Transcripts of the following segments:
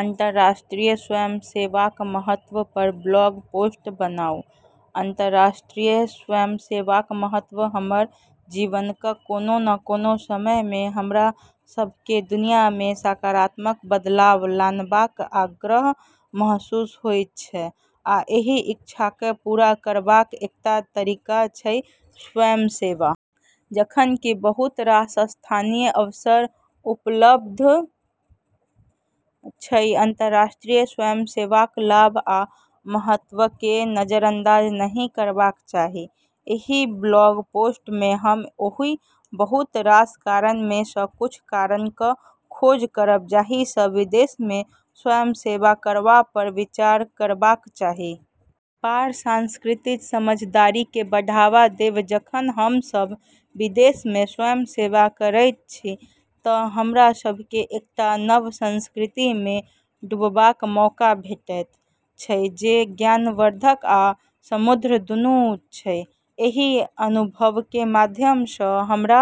अंतर्राष्ट्रीय स्वयंसेवाक महत्व पर ब्लॉग पोस्ट बनाउ। अंतर्राष्ट्रीय स्वयंसेवाक महत्व हमर जीवनक कोनो न कोनो समय मे हमरा सभकेँ दुनिया मे सकारात्मक बदलाव लानबाक आग्रह महसूस होइत अछि, आ एहि इच्छाकेँ पूरा करबाक एकटा तरीका अछि स्वयंसेवा। जखन कि बहुत रास स्थानीय अवसर उपलब्ध अछि, अंतर्राष्ट्रीय स्वयंसेवाक लाभ आ महत्वकेँ नजरअंदाज नहि करबाक चाही। एहि ब्लॉग पोस्ट मे हम ओहि बहुत रास कारण मे सँ किछ कारणक खोज करब जाही सँ विदेश मे स्वयंसेवा करबा पर विचार करबाक चाही। पार-सांस्कृतिक समझदारीकेँ बढ़ावा देब जखन हम सभ विदेश मे स्वयंसेवा करैत छी तँ हमरा सभकेँ एकटा नव संस्कृति मे डूबबाक मौका भेटैत अछि, जे ज्ञानवर्धक आ समृद्ध दुनू अछि। एहि अनुभवक माध्यम सँ हमरा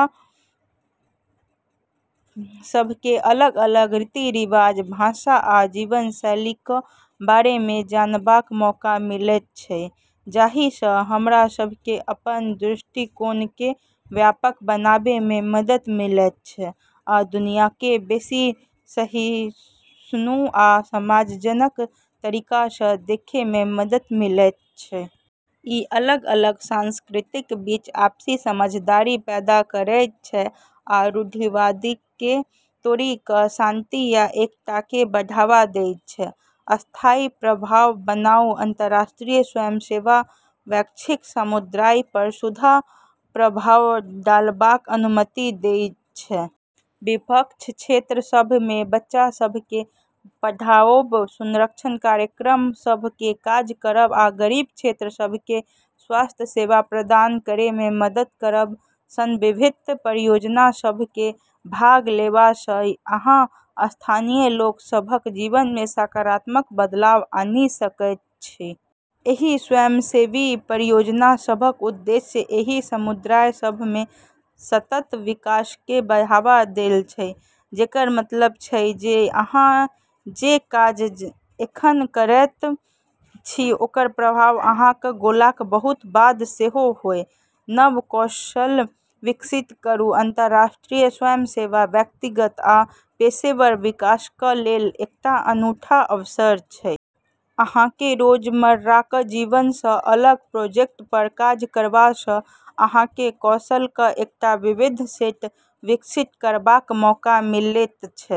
सभकेँ अलग-अलग रीति-रिवाज, भाषा आ जीवनशैलीक बारे मे जानबाक मौका मिलैत अछि, जाही सँ हमरा सभकेँ अपन दृष्टिकोणकेँ व्यापक बनाबै मे मदद मिलैत अछि आ दुनियाकेँ बेसी सहिष्णु आ सम्मानजनक तरीका सँ देखै मे मदद मिलैत अछि। ई अलग-अलग संस्कृतिक बीच आपसी समझदारी पैदा करैत अछि आ रूढ़िवादिताकेँ तोड़ि कऽ शांति आ एकताकेँ बढ़ावा दैत अछि। स्थायी प्रभाव बनाउ अंतर्राष्ट्रीय स्वयंसेवा वैश्विक समुदाय पर सीधा प्रभाव डालबाक अनुमति दैत अछि। विपन्न क्षेत्र सभ मे बच्चा सभकेँ पढ़ाओब, संरक्षण कार्यक्रम सभ मे काज करब या गरीब क्षेत्र सभकेँ स्वास्थ्य सेवा प्रदान करै मे मदद करब सन विभिन्न परियोजना सभ मे भाग लेबा सँ अहाँ स्थानीय लोक सभक जीवन मे सकारात्मक बदलाव आनि सकैत छी। एहि स्वयंसेवी परियोजना सभक उद्देश्य एहि समुदाय सभ मे सतत विकासकेँ बढ़ावा देब अछि, जेकर मतलब अछि जे अहाँ जे काज एखन करैत छी ओकर प्रभाव अहाँक गेलाक बहुत बाद सेहो होयत। नव कौशल विकसित करू अंतर्राष्ट्रीय स्वयंसेवा व्यक्तिगत आ पेशेवर विकासक लेल एकटा अनूठा अवसर अछि। अहाँकेँ रोजमर्राक जीवन सँ अलग प्रोजेक्ट पर काज करबा सँ अहाँकेँ कौशलक एकटा विविध सेट विकसित करबाक मौका मिलैत अछि।